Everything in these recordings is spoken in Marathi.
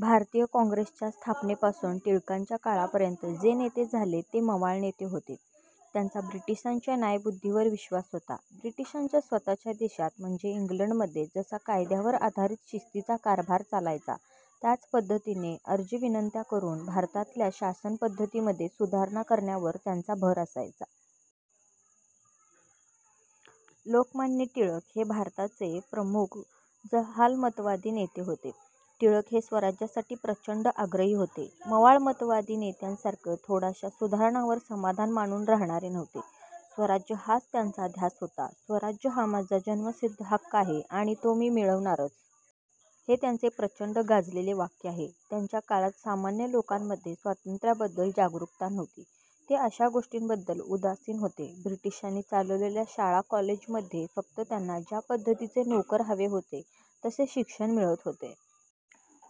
भारतीय काँग्रेसच्या स्थापनेपासुन टिळकांच्या काळापर्यंत जे नेते झाले ते मवाळ नेते होते. त्यांचा ब्रिटिशांच्या न्यायबुद्धीवर विश्वास होता. ब्रिटिशांच्या स्वतःच्या देशात म्हणजे इंग्लंडमध्ये जसा कायद्यावर आधारित शिस्तीचा कारभार चालायचा, त्याच पद्धतीने अर्जविनंत्या करून, भारतातल्या शासनपद्धतीमध्ये सुधारणा करण्यावर त्यांचा भर असायचा. लोकमान्य टिळक हे भारताचे प्रमुख जहालमतवादी नेते होते. टिळक हे स्वराज्यासाठी प्रचंड आग्रही होते. मवाळमतवादी नेत्यांसारखं थोड्याशा सुधारणांवर समाधान मानुन राहणारे नव्हते. स्वराज्य हाच त्यांचा ध्यास होता. स्वराज्य हा माझा जन्मसिद्ध हक्क आहे आणि तो मी मिळवणारच. हे त्यांचे प्रचंड गाजलेले वाक्य आहे. त्यांच्या काळात सामान्य लोकांमध्ये स्वातंत्र्याबद्दल जागरूकता नव्हती. ते अशा गोष्टींबद्दल उदासीन होते. ब्रिटिशांनी चालवलेल्या शाळा कॉलेजांमध्ये फक्त त्यांना ज्या पद्धतीचे नोकर हवे होते तसे शिक्षण मिळत होते.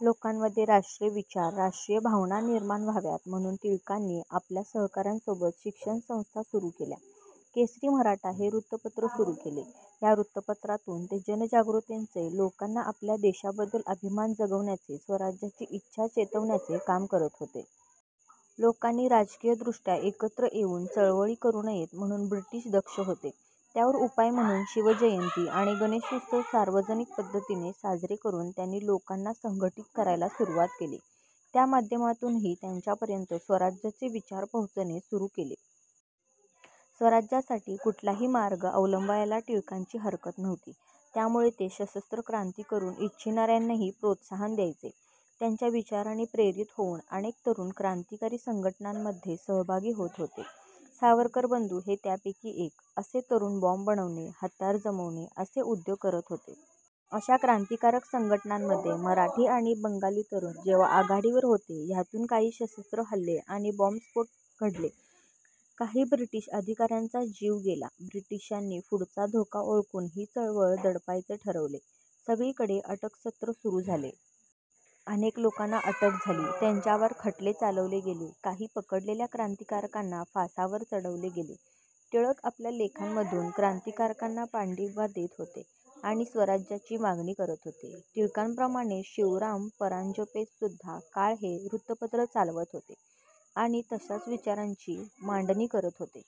लोकांमध्ये राष्ट्रीय विचार राष्ट्रीय भावना निर्माण व्हाव्यात म्हणुन टिळकांनी आपल्या सहकाऱ्यांसोबत शिक्षण संस्था सुरु केल्या. केसरी मराठा हे वृत्तपत्र सुरु केले. ह्या वृत्तपत्रातुन ते जनजागृतीचे लोकांना आपल्या देशाबद्दल अभिमान जगवण्याचे स्वराज्याची इच्छा चेतवण्याचे काम करत होते. लोकांनी राजकीय दृष्ट्या एकत्र येऊन चळवळी करू नयेत म्हणुन ब्रिटिश दक्ष होते. त्यावर उपाय म्हणून शिवजयंती आणि गणेशोत्सव सार्वजनिक पद्धतीने साजरे करून त्यांनी लोकांना संघटित करायला सुरुवात केली. त्या माध्यमातूनही त्यांच्यापर्यंत स्वराज्याचे विचार पोहोचवणे सुरु केले. स्वराज्यासाठी कुठल्याही मार्ग अवलंबायला टिळकांची हरकत नव्हती. त्यामुळे ते सशस्त्र क्रांती करू इच्छिणाऱ्यांनाही प्रोत्साहन द्यायचे. त्यांच्या विचारांनी प्रेरित होऊन अनेक तरुण क्रांतिकारी संघटनांमध्ये सहभागी होत होते. सावरकर बंधु हे त्यापैकीच एक. असे तरुण बॉम्ब बनवणे, हत्यारे जमवणे असे उद्योग करत होते. अशा क्रांतिकारक संघटनांमध्ये मराठी आणि बंगाली तरुण तेव्हा आघाडीवर होते. ह्यातुन काही सशस्त्र हल्ले आणि बॉम्बस्फोट घडले. काही ब्रिटिश अधिकाऱ्यांचा जीव गेला. ब्रिटिशांनी पुढचा धोका ओळखुन हि चळवळ दडपायचे ठरवले. सगळीकडे अटकसत्र सुरु झाले. अनेक लोकांना अटक झाली, त्यांच्यावर खटले चालवले गेले, काही पकडलेल्या क्रांतीकारकांना फासावर चढवले गेले. टिळक आपल्या लेखांमधुन क्रांतीकारकांना पाठिंबा देत होते आणि स्वराज्याची मागणी करत होते. टिळकांप्रमाणेच शिवराम परांजपेसुद्धा काळ हे वृत्तपत्र चालवत होते आणि तशाच विचारांची मांडणी करत होते.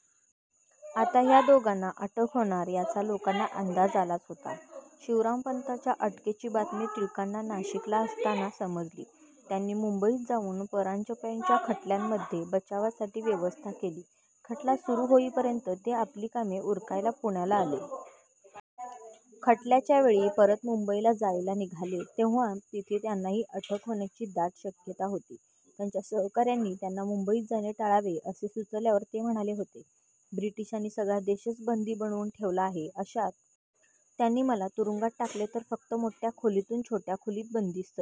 आता ह्या दोघांना अटक होणार याचा लोकांना अंदाज आलाच होता. शिवरामपंतांच्या अटकेची बातमी टिळकांना नाशिकला असताना समजली. त्यांनी मुंबईत जाऊन परांजप्यांच्या खटल्यामध्ये बचावासाठी व्यवस्था केली. खटला सुरु होईपर्यंत ते आपली कामे उरकायला पुण्याला आले. खटल्याच्या वेळी परत मुंबईला जायला निघाले तेव्हा तिथे त्यांनाही अटक होण्याची दाट शक्यता होती. त्यांच्या सहकाऱ्यांनी त्यांना मुंबईत जाणे टाळावे असे सुचवल्यावर ते म्हणाले होते ब्रिटिशांनी सगळा देशच बंदी बनवुन ठेवला आहे. अशात त्यांनी मला तुरुंगात टाकले तर फक्त मोठ्या खोलीतुन छोट्या खोलीत बंदिस्त